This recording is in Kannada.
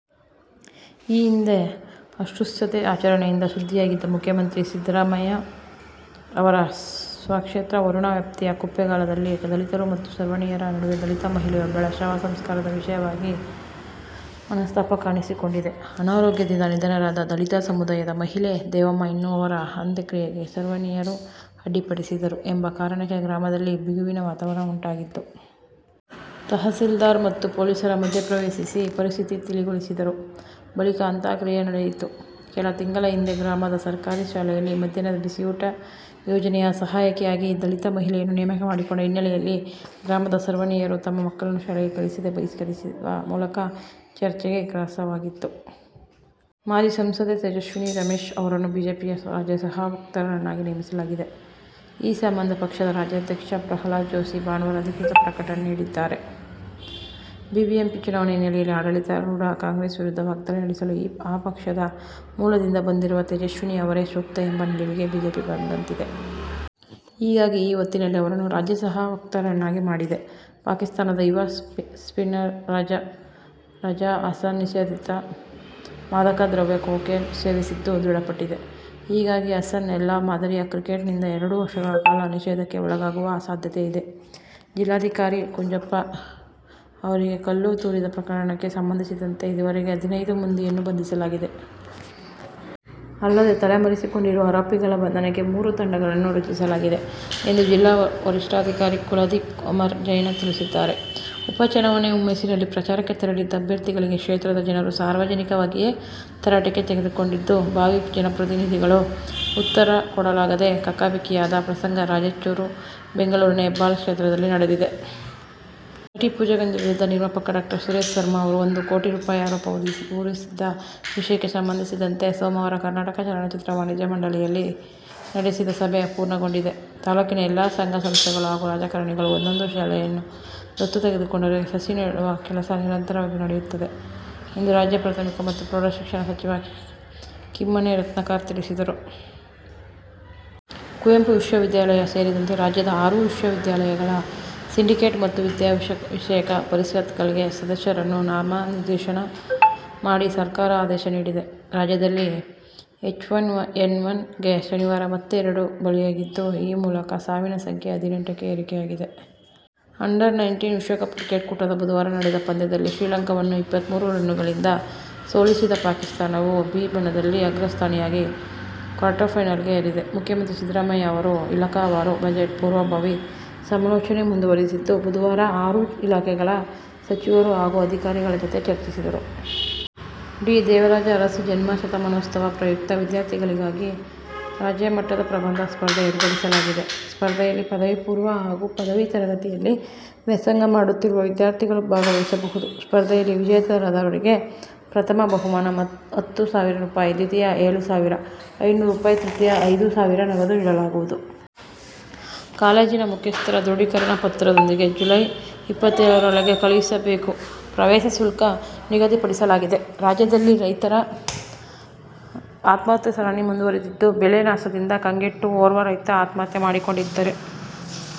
ಈ ಹಿಂದೆ ಅಸ್ಪ್ರುಶ್ಯತೆ ಆಚರಣೆಯಿಂದ ಸುದ್ದಿಯಾಗಿದ್ದ ಮುಖ್ಯಮಂತ್ರಿ ಸಿದ್ದರಾಮಯ್ಯ ಅವರ ಸ್ವಕ್ಷೇತ್ರ ವರುಣ ವ್ಯಾಪ್ತಿಯ ಕುಪ್ಪೇಗಾಲದಲ್ಲಿ ದಲಿತರು ಮತ್ತು ಸವರ್ಣೀಯರ ನಡುವೆ ದಲಿತ ಮಹಿಳೆಯೊಬ್ಬಳ ಶವ ಸಂಸ್ಕಾರದ ವಿಷಯವಾಗಿ ಮನಸ್ತಾಪ ಕಾಣಿಸಿಕೊಂಡಿದೆ. ಅನಾರೋಗ್ಯದಿಂದ ನಿಧನರಾದ ದಲಿತ ಸಮುದಾಯದ ಮಹಿಳೆ ದೇವಮ್ಮ ಎನ್ನುವವರ ಅಂತ್ಯಕ್ರಿಯೆಗೆ ಸವರ್ಣೀಯರು ಅಡ್ಡಿಪಡಿಸಿದರು ಎಂಬ ಕಾರಣಕ್ಕೆ ಗ್ರಾಮದಲ್ಲಿ ಬಿಗುವಿನ ವಾತಾವರಣ ಉಂಟಾಗಿತ್ತು. ತಹಶೀಲ್ದಾರ್ ಮತ್ತು ಪೊಲೀಸರ ಮಧ್ಯಪ್ರವೇಶಿಸಿ ಪರಿಸ್ಥಿತಿ ತಿಳಿಗೊಳಿಸಿದರು. ಬಳಿಕ ಅಂತ್ಯಕ್ರಿಯೆ ನಡೆಯಿತು. ಕೆಲ ತಿಂಗಳ ಹಿಂದೆ ಗ್ರಾಮದ ಸರ್ಕಾರಿ ಶಾಲೆಯಲ್ಲಿ ಮಧ್ಯಾಹ್ನದ ಬಿಸಿಯೂಟ ಯೋಜನೆಯ ಸಹಾಯಕಿಯಾಗಿ ದಲಿತ ಮಹಿಳೆಯನ್ನು ನೇಮಕ ಮಾಡಿಕೊಂಡ ಹಿನ್ನೆಲೆಯಲ್ಲಿ ಗ್ರಾಮದ ಸವರ್ಣೀಯರು ತಮ್ಮ ಮಕ್ಕಳನ್ನು ಶಾಲೆಗೆ ಕಳುಹಿಸದೆ ಬಹಿಷ್ಕರಿಸುವ ಮೂಲಕ ಚರ್ಚೆಗೆ ಗ್ರಾಸವಾಗಿತ್ತು. ಮಾಜಿ ಸಂಸದೆ ತೇಜಸ್ವಿನಿ ರಮೇಶ್ ಅವರನ್ನು ಬಿಜೆಪಿಯ ರಾಜ್ಯ ಸಹ ವಕ್ತಾರರನ್ನಾಗಿ ನೇಮಿಸಲಾಗಿದೆ. ಈ ಸಂಬಂಧ ಪಕ್ಷದ ರಾಜ್ಯಾಧ್ಯಕ್ಷ ಪ್ರಹ್ಲಾದ್ ಜೋಶಿ ಭಾನುವಾರ ಅಧಿಕೃತ ಪ್ರಕಟಣೆ ನೀಡಿದ್ದಾರೆ. ಬಿಬಿಎಂಪಿ ಚುನಾವಣೆ ಹಿನ್ನೆಲೆಯಲ್ಲಿ ಆಡಳಿತಾರೂಢ ಕಾಂಗ್ರೆಸ್ ವಿರುದ್ಧ ವಾಗ್ಧಾಳಿ ನಡೆಸಲು ಆ ಪಕ್ಷದ ಮೂಲದಿಂದ ಬಂದಿರುವ ತೇಜಸ್ವಿನಿ ಅವರೇ ಸೂಕ್ತ ಎಂಬ ನಿಲುವಿಗೆ ಬಿಜೆಪಿ ಬಂದಂತಿದೆ. ಹೀಗಾಗಿ ಈ ಹೊತ್ತಿನಲ್ಲಿ ಅವರನ್ನು ರಾಜ್ಯ ಸಹ ವಕ್ತಾರರನ್ನಾಗಿ ಮಾಡಿದೆ. ಪಾಕಿಸ್ಥಾನದ ಯುವ ಸ್ಪಿನ್ನರ್ ರಜಾ ಹಸನ್ ನಿಷೇಧಿತ ಮಾದಕ ದ್ರವ್ಯ ಕೊಕೇನ್ ಸೇವಿಸಿದ್ದು ದೃಢಪಟ್ಟಿದೆ. ಹೀಗಾಗಿ ಹಸನ್ ಎಲ್ಲ ಮಾದರಿಯ ಕ್ರಿಕೆಟ್ನಿಂದ ಎರಡು ವರ್ಷಗಳ ಕಾಲ ನಿಷೇಧಕ್ಕೆ ಒಳಗಾಗುವ ಸಾಧ್ಯತೆ ಇದೆ. ಜಿಲ್ಲಾಧಿಕಾರಿ ಕುಂಜಪ್ಪ ಅವರಿಗೆ ಕಲ್ಲು ತೂರಿದ ಪ್ರಕರಣಕ್ಕೆ ಸಂಬಂಧಿಸಿದಂತೆ ಇದುವರೆಗೆ ಹದಿನೈದು ಮಂದಿಯನ್ನು ಬಂಧಿಸಲಾಗಿದೆ. ಅಲ್ಲದೇ ತಲೆ ಮರೆಸಿಕೊಂಡಿರುವ ಆರೋಪಿಗಳ ಬಂಧನಕ್ಕೆ ಮೂರು ತಂಡಗಳನ್ನು ರಚಿಸಲಾಗಿದೆ ಎಂದು ಜಿಲ್ಲಾ ವರಿಷ್ಠಾಧಿಕಾರಿ ಕುಲದೀಪ್ ಕುಮಾರ್ ಜೈನ್ ತಿಳಿಸಿದ್ದಾರೆ. ಉಪಚುನಾವಣೆ ಹುಮ್ಮಸ್ಸಿನಲ್ಲಿ ಪ್ರಚಾರಕ್ಕೆ ತೆರಳಿದ್ದ ಅಭ್ಯರ್ಥಿಗಳಿಗೆ ಕ್ಷೇತ್ರದ ಜನರು ಸಾರ್ವಜನಿಕವಾಗಿಯೇ ತರಾಟೆಗೆ ತೆಗೆದುಕೊಂಡಿದ್ದು, ಭಾವಿ ಜನಪ್ರತಿನಿಧಿಗಳು ಉತ್ತರಕೊಡಲಾಗದೆ ಕಕ್ಕಾಬಿಕ್ಕಿಯಾದ ಪ್ರಸಂಗ ರಾಯಚೂರು, ಬೆಂಗಳೂರಿನ ಹೆಬ್ಬಾಳ ಕ್ಷೇತ್ರದಲ್ಲಿ ನಡೆದಿದೆ. ನಟಿ ಪೂಜಾಗಾಂಧಿ ವಿರುದ್ಧ ನಿರ್ಮಾಪಕ ಡಾ. ಸುರೇಶ್ ಶರ್ಮ ಅವರು ಒಂದು ಕೋಟಿ ರೂಪಾಯಿ ಆರೋಪ ಹೊರಿಸಿದ್ದ ವಿಷಯಕ್ಕೆ ಸಂಬಂಧಿಸಿದಂತೆ, ಸೋಮವಾರ ಕರ್ನಾಟಕ ಚಲನಚಿತ್ರ ವಾಣಿಜ್ಯ ಮಂಡಳಿಯಲ್ಲಿ ನಡೆಸಿದ ಸಭೆ ಅಪೂರ್ಣಗೊಂಡಿದೆ. ತಾಲೂಕಿನ ಎಲ್ಲಾ ಸಂಘ ಸಂಸ್ಥೆಗಳು ಹಾಗೂ ರಾಜಕಾರಣಿಗಳು ಒಂದೊಂದು ಶಾಲೆಯನ್ನು ದತ್ತು ತೆಗೆದುಕೊಂಡರೆ ಸಸಿ ನೆಡುವ ಕೆಲಸ ನಿರಂತರವಾಗಿ ನಡೆಯುತ್ತದೆ ಎಂದು ರಾಜ್ಯ ಪ್ರಾಥಮಿಕ ಮತ್ತು ಪ್ರೌಢ ಶಿಕ್ಷಣ ಸಚಿವ ಕಿಮ್ಮನೆ ರತ್ನಾಕರ್ ತಿಳಿಸಿದರು. ಕುವೆಂಪು ವಿಶ್ವ ವಿದ್ಯಾಲಯ ಸೇರಿದಂತೆ ರಾಜ್ಯದ ಆರು ವಿಶ್ವವಿದ್ಯಾಲಯಗಳ ಸಿಂಡಿಕೇಟ್ ಮತ್ತು ವಿದ್ಯಾವಿಷಯಕ ಪರಿಷತ್ಗಳಿಗೆ ಸದಸ್ಯರನ್ನು ನಾಮನಿರ್ದೇಶನ ಮಾಡಿ ಸರ್ಕಾರ ಆದೇಶ ನೀಡಿದೆ. ರಾಜ್ಯದಲ್ಲಿ ಎಚ್ ಒನ್ ಎನ್ ಒನ್ ಗೆ ಶನಿವಾರ ಮತ್ತೆ ಎರಡು ಬಲಿಯಾಗಿದ್ದು, ಈ ಮೂಲಕ ಸಾವಿನ ಸಂಖ್ಯೆ ಹದಿನೆಂಟಕ್ಕೆ ಏರಿಕೆಯಾಗಿದೆ. ಅಂಡರ್-ನೈಂಟೀನ್ ವಿಶ್ವಕಪ್ ಕ್ರಿಕೆಟ್ ಕೂಟದ ಬುಧವಾರ ನಡೆದ ಪಂದ್ಯದಲ್ಲಿ ಶ್ರೀಲಂಕಾವನ್ನು ಇಪ್ಪತ್ಮೂರು ರನ್ನುಗಳಿಂದ ಸೋಲಿಸಿದ ಪಾಕಿಸ್ಥಾನವು "ಬಿ' ಬಣದಲ್ಲಿ ಅಗ್ರಸ್ಥಾನಿಯಾಗಿ ಕ್ವಾರ್ಟರ್ಫೈನಲ್ ಗೇರಿದೆ. ಮುಖ್ಯಮಂತ್ರಿ ಸಿದ್ದರಾಮಯ್ಯ ಅವರು ಇಲಾಖಾವಾರು ಬಜೆಟ್ ಪೂರ್ವಭಾವಿ ಸಮಾಲೋಚನೆ ಮುಂದುವರಿಸಿದ್ದು, ಬುಧವಾರ ಆರು ಇಲಾಖೆಗಳ ಸಚಿವರು ಹಾಗೂ ಅಧಿಕಾರಿಗಳ ಜತೆ ಚರ್ಚಿಸಿದರು. ಡಿ. ದೇವರಾಜ ಅರಸು ಜನ್ಮ ಶತಮಾನೋತ್ಸವ ಪ್ರಯುಕ್ತ ವಿದ್ಯಾರ್ಥಿಗಳಿಗಾಗಿ ರಾಜ್ಯಮಟ್ಟದ ಪ್ರಬಂಧ ಸ್ಪರ್ಧೆ ಏರ್ಪಡಿಸಲಾಗಿದೆ. ಸ್ಪರ್ಧೆಯಲ್ಲಿ ಪದವಿಪೂರ್ವ ಹಾಗೂ ಪದವಿ ತರಗತಿಯಲ್ಲಿ ವ್ಯಾಸಂಗ ಮಾಡುತ್ತಿರುವ ವಿದ್ಯಾರ್ಥಿಗಳು ಭಾಗವಹಿಸಬಹುದು. ಸ್ಪರ್ಧೆಯಲ್ಲಿ ವಿಜೇತರಾದವರಿಗೆ ಪ್ರಥಮ ಬಹುಮಾನ ಹತ್ತು ಸಾವಿರ ರೂಪಾಯಿ ದ್ವಿತೀಯ ಏಳು ಸಾವಿರದ ಐನೂರು ರೂಪಾಯಿ., ತೃತೀಯ ಐದು ಸಾವಿರ ನಗದು ನೀಡಲಾಗುವುದು. ಕಾಲೇಜಿನ ಮುಖ್ಯಸ್ಥರ ದೃಢೀಕರಣ ಪತ್ರದೊಂದಿಗೆ ಜುಲೈ ಇಪ್ಪತ್ತೇಳರೊಳಗೆ ಕಳುಹಿಸಬೇಕು. ಪ್ರವೇಶ ಶುಲ್ಕ ನಿಗದಿಪಡಿಸಲಾಗಿದೆ. ರಾಜ್ಯದಲ್ಲಿ ರೈತರ ಆತ್ಮಹತ್ಯೆ ಸರಣಿ ಮುಂದುವರಿದಿದ್ದು, ಬೆಳೆ ನಾಶದಿಂದ ಕಂಗೆಟ್ಟು ಓರ್ವ ರೈತ ಆತ್ಮಹತ್ಯೆ ಮಾಡಿಕೊಂಡಿದ್ದರೆ.